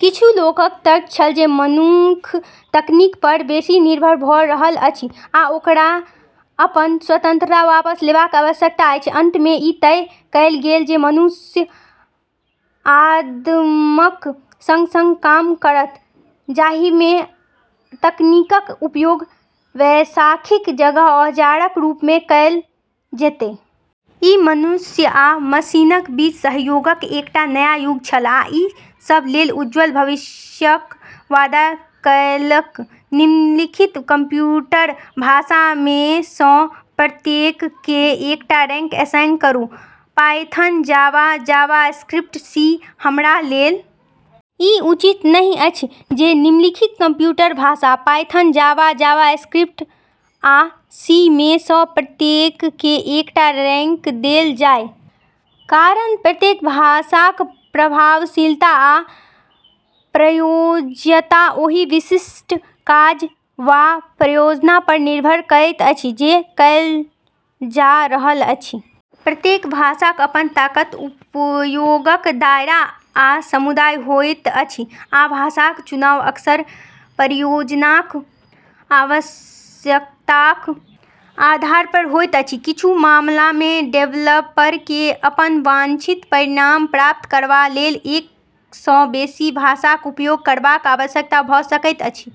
किछु लोकक तर्क छल जे मनुख तकनीक पर बेसी निर्भर भ’ रहल अछि, आ ओकरा अपन स्वतंत्रता वापस लेबाक आवश्यकता अछि। अंतमे ई तय कएल गेल जे मनुष्य आदमक संग-संग काम करत, जाहिमे तकनीकक उपयोग बैसाखीक जगह औजारक रूपमे कएल जेतै। ई मनुष्य आ मशीनक बीच सहयोगक एकटा नया युग छल, आ ई सभ लेल उज्ज्वल भविष्यक वादा कएलक। निम्नलिखित कंप्यूटर भाषामे सँ प्रत्येककेँ एकटा रैंक असाइन करू: पायथन, जावा, जावास्क्रिप्ट, सी। हमरा लेल ई उचित नहि अछि जे निम्नलिखित कंप्यूटर भाषा - पायथन, जावा, जावास्क्रिप्ट, आ सी - मे सँ प्रत्येककेँ एकटा रैंक देल जाय कारण प्रत्येक भाषाक प्रभावशीलता आ प्रयोज्यता ओहि विशिष्ट काज वा परियोजना पर निर्भर करैत अछि जे कएल जा रहल अछि। प्रत्येक भाषाक अपन ताकत, उपयोगक दायरा, आ समुदाय होइत अछि, आ भाषाक चुनाव अक्सर परियोजनाक आवश्यकताक आधार पर होइत अछि। किछु मामलामे डेवलपरकेँ अपन वांछित परिणाम प्राप्त करबा लेल एक सँ बेसी भाषाक उपयोग करबाक आवश्यकता भ’ सकैत अछि।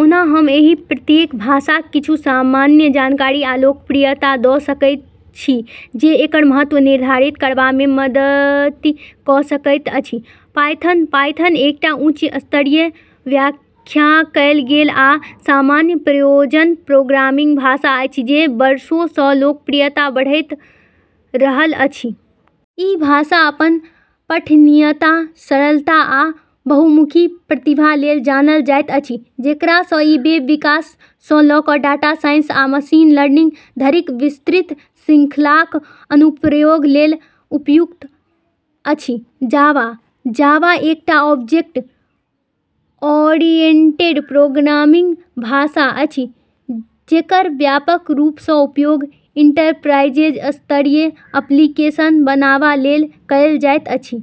ओना हम एहि प्रत्येक भाषाक किछु सामान्य जानकारी आ लोकप्रियता द’ सकैत छी, जे एकर महत्व निर्धारित करबामे मदति क’ सकैत अछि। पायथन: पायथन एकटा उच्च स्तरीय, व्याख्या कएल गेल आ सामान्य प्रयोजनक प्रोग्रामिंग भाषा अछि जे वर्षों सँ लोकप्रियता बढ़ैत रहल अछि। ई भाषा अपन पठनीयता, सरलता, आ बहुमुखी प्रतिभा लेल जानल जाइत अछि, जेकरा सँ ई वेब विकास सँ ल’ क’ डाटा साइंस आ मशीन लर्निंग धरिक विस्तृत श्रृंखलाक अनुप्रयोग लेल उपयुक्त अछि। जावा: जावा एकटा ऑब्जेक्ट-ओरिएंटेड प्रोग्रामिंग भाषा अछि जेकर व्यापक रूप सँ उपयोग एंटरप्राइज-स्तरीय एप्लीकेशन बनाबा लेल कएल जाइत अछि।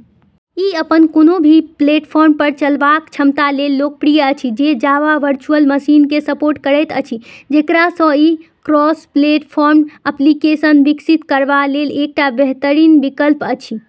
ई अपन कोनो भी प्लेटफॉर्म पर चलबाक क्षमता लेल लोकप्रिय अछि जे जावा वर्चुअल मशीनकेँ सपोर्ट करैत अछि, जेकरा सँ ई क्रॉस-प्लेटफॉर्म एप्लीकेशन विकसित करबा लेल एकटा बेहतरीन विकल्प अछि।